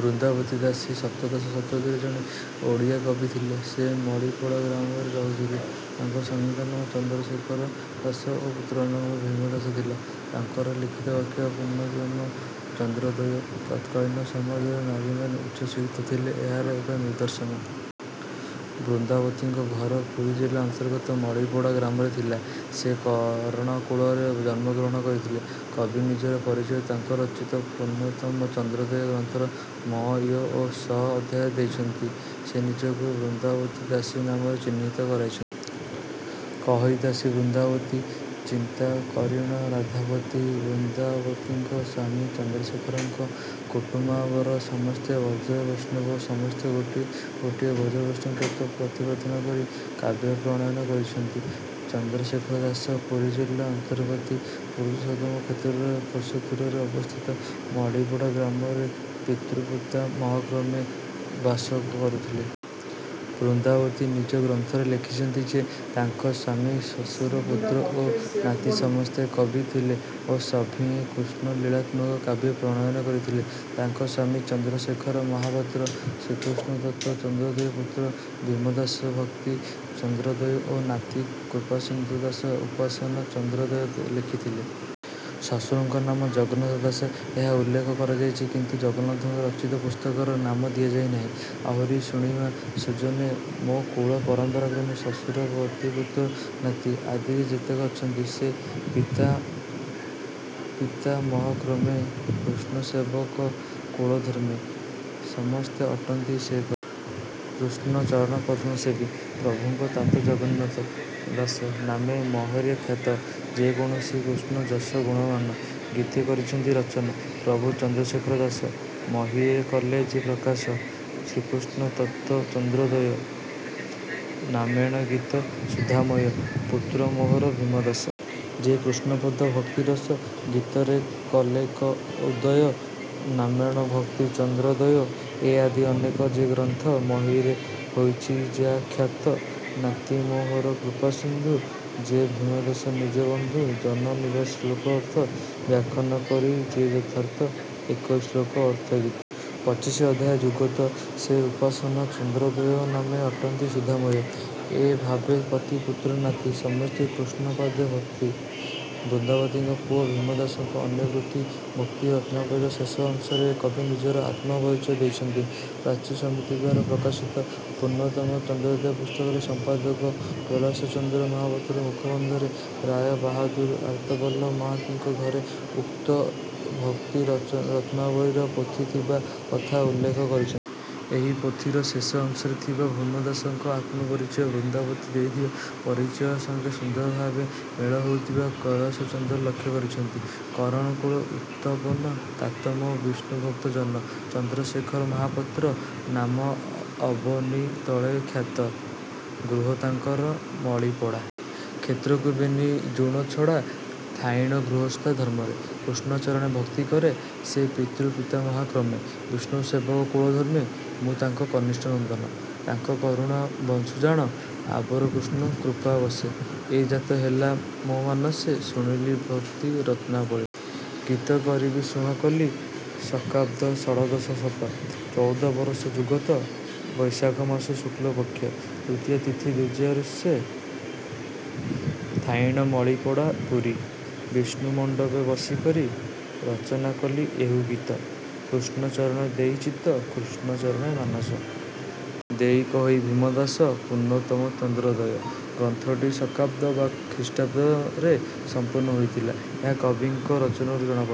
ବୃନ୍ଦାବତୀ ଦାସୀ ସପ୍ତଦଶ ଶତାବ୍ଦୀର ଜଣେ ଓଡ଼ିଆ କବି ଥିଲେ। ସେ ମଳିପଡ଼ା ଗ୍ରାମରେ ରହୁଥିଲେ। ତାଙ୍କ ସ୍ୱାମୀଙ୍କ ନାମ ଚନ୍ଦ୍ରଶେଖର ଦାସ ଓ ପୁତ୍ରଙ୍କ ନାମ ଭୀମ ଦାସ ଥିଲା। ତାଙ୍କର ଲିଖିତ କାବ୍ୟ 'ପୂର୍ଣ୍ଣତମ ଚନ୍ଦ୍ରୋଦୟ' ତତ୍କାଳୀନ ସମାଜରେ ନାରୀମାନେ ଉଚ୍ଚଶିକ୍ଷିତ ଥିଲେ ଏହାର ଏକ ନିଦର୍ଶନ। ବୃନ୍ଦାବତୀଙ୍କ ଘର ପୁରୀ ଜିଲ୍ଲା ଅନ୍ତର୍ଗତ ମଳିପଡ଼ା ଗ୍ରାମରେ ଥିଲା। ସେ କରଣକୁଳରେ ଜନ୍ମଗ୍ରହଣ କରିଥିଲେ। କବି ନିଜର ପରିଚୟ ତାଙ୍କ ରଚିତ ପୂର୍ଣ୍ଣତମ ଚନ୍ଦ୍ରୋଦୟ ଗ୍ରନ୍ଥର ମ, ୟ ଓ ଶ ଅଧ୍ୟାୟରେ ଦେଇଛନ୍ତି। ସେ ନିଜକୁ 'ବୃନ୍ଦାବତୀ ଦାସୀ' ନାମରେ ଚିହ୍ନିତ କରାଇଛନ୍ତି। କହଇ ଦାସୀ ବୃନ୍ଦାବତୀ। ଚିନ୍ତା କରିଣ ରାଧାପତି। ବୃନ୍ଦାବତୀଙ୍କ ସ୍ୱାମୀ ଚନ୍ଦ୍ରଶେଖରଙ୍କ କୁଟୁମାବର ସମସ୍ତେ ବ୍ରଜ ବୈଷ୍ଣବ ଓ ସମସ୍ତେ ଗୋଟିଏ ଗୋଟିଏ ବ୍ରଜବୈଷ୍ଣବ ତତ୍ତ୍ୱ ପ୍ରତିପାଦନ କରି କାବ୍ୟ ପ୍ରଣୟନ କରିଛନ୍ତି। ଚନ୍ଦ୍ରଶେଖର ଦାସ ପୁରୀଜିଲ୍ଲା ଅନ୍ତଃପାତି ପୁରୁଷୋତ୍ତମ କ୍ଷେତ୍ରର କୋଶ ଦୂରରେ ଅବସ୍ଥିତ ମଳିପଡ଼ା ଗ୍ରାମରେ ପିତୃପିତାମହକ୍ରମେ ବାସ କରୁଥିଲେ। ବୃନ୍ଦାବତୀ ନିଜ ଗ୍ରନ୍ଥରେ ଲେଖିଛନ୍ତି ଯେ ତାଙ୍କ ସ୍ୱାମୀ, ଶ୍ୱଶୁର, ପୁତ୍ର ଓ ନାତି ସମସ୍ତେ କବି ଥିଲେ ଓ ସଭିଏଁ କୃଷ୍ଣଲୀଳାତ୍ମକ କାବ୍ୟ ପ୍ରଣୟନ କରିଥିଲେ। ତାଙ୍କ ସ୍ୱାମୀ ଚନ୍ଦ୍ରଶେଖର ମହାପାତ୍ର ଶ୍ରୀକୃଷ୍ଣତତ୍ତ୍ୱ ଚନ୍ଦ୍ରୋଦୟ, ପୁତ୍ର ଭୀମଦାସ ଭକ୍ତି ଚନ୍ଦ୍ରୋଦୟ ଓ ନାତି କୃପାସିନ୍ଧୁ ଦାସ ଉପାସନା ଚନ୍ଦ୍ରୋଦୟ ଲେଖିଥିଲେ। ଶ୍ୱଶୁରଙ୍କ ନାମ ଜଗନ୍ନାଥ ଦାସ ଏହା ଉଲ୍ଲେଖ କରାଯାଇଛି କିନ୍ତୁ ଜଗନ୍ନାଥଙ୍କ ରଚିତ ପୁସ୍ତକର ନାମ ଦିଆଯାଇନାହିଁ। ଆହୁରି ଶୁଣିମା ସୁଜନେ। ମୋ କୁଳ ପରମ୍ପରାକ୍ରମେ। ଶ୍ୱଶୁର ପତି ପୁତ୍ର ନାତି। ଆଦିରେ ଯେତେକ ଅଛନ୍ତି। ସେ ପିତା ପିତାମହକ୍ରମେ। କୃଷ୍ଣ ସେବକ କୁଳଧର୍ମେ। ସମସ୍ତେ ଅଟନ୍ତି ସେ କବି। କୃଷ୍ଣ ଚରଣପଦ୍ମ ସେବି। ପ୍ରଭୁଙ୍କ ତାତ ଜଗନ୍ନାଥ। ଦାସ ନାମେ ମହୀରେ ଖ୍ୟାତ। ଯେ କୃଷ୍ଣ ଯଶ ଗୁଣମାନ। ଗୀତେ କରିଛନ୍ତି ରଚନ। ପ୍ରଭୁ ଚନ୍ଦ୍ରଶେଖର ଦାସ। ମହୀରେ କଲେ ଯେ ପ୍ରକାଶ। ଶ୍ରୀକୃଷ୍ଣ ତତ୍ତ୍ୱ ଚନ୍ଦ୍ରୋଦୟ। ନାମେଣ ଗୀତ ସୁଧାମୟ। ପୁତ୍ର ମୋହର ଭୀମଦାସ। ଯେ କୃଷ୍ଣପଦ ଭକ୍ତିରସ। ଗୀତରେ କଲେକ ଉଦୟ। ନାମେଣ ଭକ୍ତି ଚନ୍ଦ୍ରୋଦୟ। ଏ ଆଦି ଅନେକ ଯେ ଗ୍ରନ୍ଥ। ମହୀରେ ହୋଇଛି ଯା ଖ୍ୟାତ। ନାତି ମୋହର କୃପାସିନ୍ଧୁ। ଯେ ଭୀମଦାସ ନିଜ ବନ୍ଧୁ। ଜନନିବାସ ଶ୍ଳୋକ ଅର୍ଥ। ବ୍ୟାଖ୍ୟାନ କରି ଯେ ଯଥାର୍ଥ। ଏକଇ ଶ୍ଳୋକ ଅର୍ଥଗୀତ। ପଚିଶ ଅଧ୍ୟାୟ ଯୁଗତ। ସେ ଉପାସନା ଚନ୍ଦ୍ରୋଦୟ। ନାମେ ଅଟନ୍ତି ସୁଧାମୟ। ଏଭାବେ ପତି ପୁତ୍ର ନାତି। ସମସ୍ତେ କୃଷ୍ଣ ପାଦେ ଭକ୍ତି। ବୃନ୍ଦାବତୀଙ୍କ ପୁଅ ଭୀମଦାସଙ୍କ ଅନ୍ୟ କୃତି ଭକ୍ତିରତ୍ନାବଳୀର ଶେଷ ଅଂଶରେ କବି ନିଜର ଆତ୍ମପରିଚୟ ଦେଇଛନ୍ତି। ପ୍ରାଚୀ ସମିତିଦ୍ୱାରା ପ୍ରକାଶିତ ପୂର୍ଣ୍ଣତମ ଚନ୍ଦ୍ରୋଦୟ ପୁସ୍ତକର ସମ୍ପାଦକ କୈଳାସଚନ୍ଦ୍ର ମହାପାତ୍ର ମୁଖବନ୍ଧରେ ରାୟ ବାହାଦୁର ଆର୍ତ୍ତବଲ୍ଲଭ ମହାନ୍ତିଙ୍କ ଘରେ ଉକ୍ତ ଭକ୍ତିରତ୍ନାବଳୀର ପୋଥି ଥିବା କଥା ଉଲ୍ଲେଖ କରିଛନ୍ତି। ଏହି ପୋଥିର ଶେଷ ଅଂଶରେ ଥିବା ଭୀମ ଦାସଙ୍କ ଆତ୍ମପରିଚୟ ବୃନ୍ଦାବତୀ ଦେଇଥିବା ପରିଚୟ ସଙ୍ଗେ ସୁନ୍ଦର ଭାବେ ମେଳ ହେଉଥିବା କୈଳାସଚନ୍ଦ୍ର ଲକ୍ଷ୍ୟ କରିଛନ୍ତି। କରଣ କୁଳେ ଉତପନ। ତାତ ମୋ ବିଷ୍ଣୁଭକ୍ତ ଜନ। ଚନ୍ଦ୍ରଶେଖର ମହାପାତ୍ର। ନାମ ଅବନୀ ତଳେ ଖ୍ୟାତ। ଗୃହ ତାଙ୍କର ମଳିପଡ଼ା। କ୍ଷେତ୍ରକୁ ବେନି ଯୁଣ ଛଡ଼ା। ଥାଇଣ ଗୃହସ୍ଥା ଧର୍ମରେ। କୃଷ୍ଣ ଚରଣେ ଭକ୍ତି କରେ। ସେ ପିତୃପିତାମହକ୍ରମେ। ବିଷ୍ଣୁ ସେବକ କୁଳଧର୍ମେ। ମୁଁ ତାଙ୍କ କନିଷ୍ଠ ନନ୍ଦନ। ତାଙ୍କ କରୁଣା ବଶୁଁ ଜାଣ। ଆବର କୃଷ୍ଣ କୃପାବଶେ। ଏ ଜାତ ହେଲା ମୋ ମାନସେ। ଶୁଣିଲି ଭକ୍ତିରତ୍ନାବଳୀ। ଗୀତ କରିବି ସ୍ପୃହା କଲି। ଶକାବ୍ଦ ଷଡ଼ଦଶ ଶତ। ଚଉଦ ବରଷ ଯୁଗତ। ବୈଶାଖମାସ ଶୁକ୍ଳ ପକ୍ଷେ। ତୃତୀୟା ତିଥି ଦ୍ୱିଜା ଋକ୍ଷେ। ଥାଇଣ ମଳିପଡ଼ା ପୁରୀ। ବିଷ୍ଣୁ ମଣ୍ଡପେ ବସି କରି। ରଚନା କଲି ଏହୁ ଗୀତ। କୃଷ୍ଣ ଚରଣେ ଦେଇ ଚିତ୍ତ। ଶ୍ରୀକୃଷ୍ଣ ଚରଣେ ମାନସ। ଦେଇ କହଇ ଭୀମଦାସ। 'ପୂର୍ଣ୍ଣତମ ଚନ୍ଦ୍ରୋଦୟ' ଗ୍ରନ୍ଥଟି ଶକାବ୍ଦ ବା ଖ୍ରୀଷ୍ଟାବ୍ଦ ରେ ସମ୍ପୂର୍ଣ୍ଣ ହୋଇଥିଲା ଏହା କବିଙ୍କ ରଚନାରୁ ଜଣାପଡ଼େ।।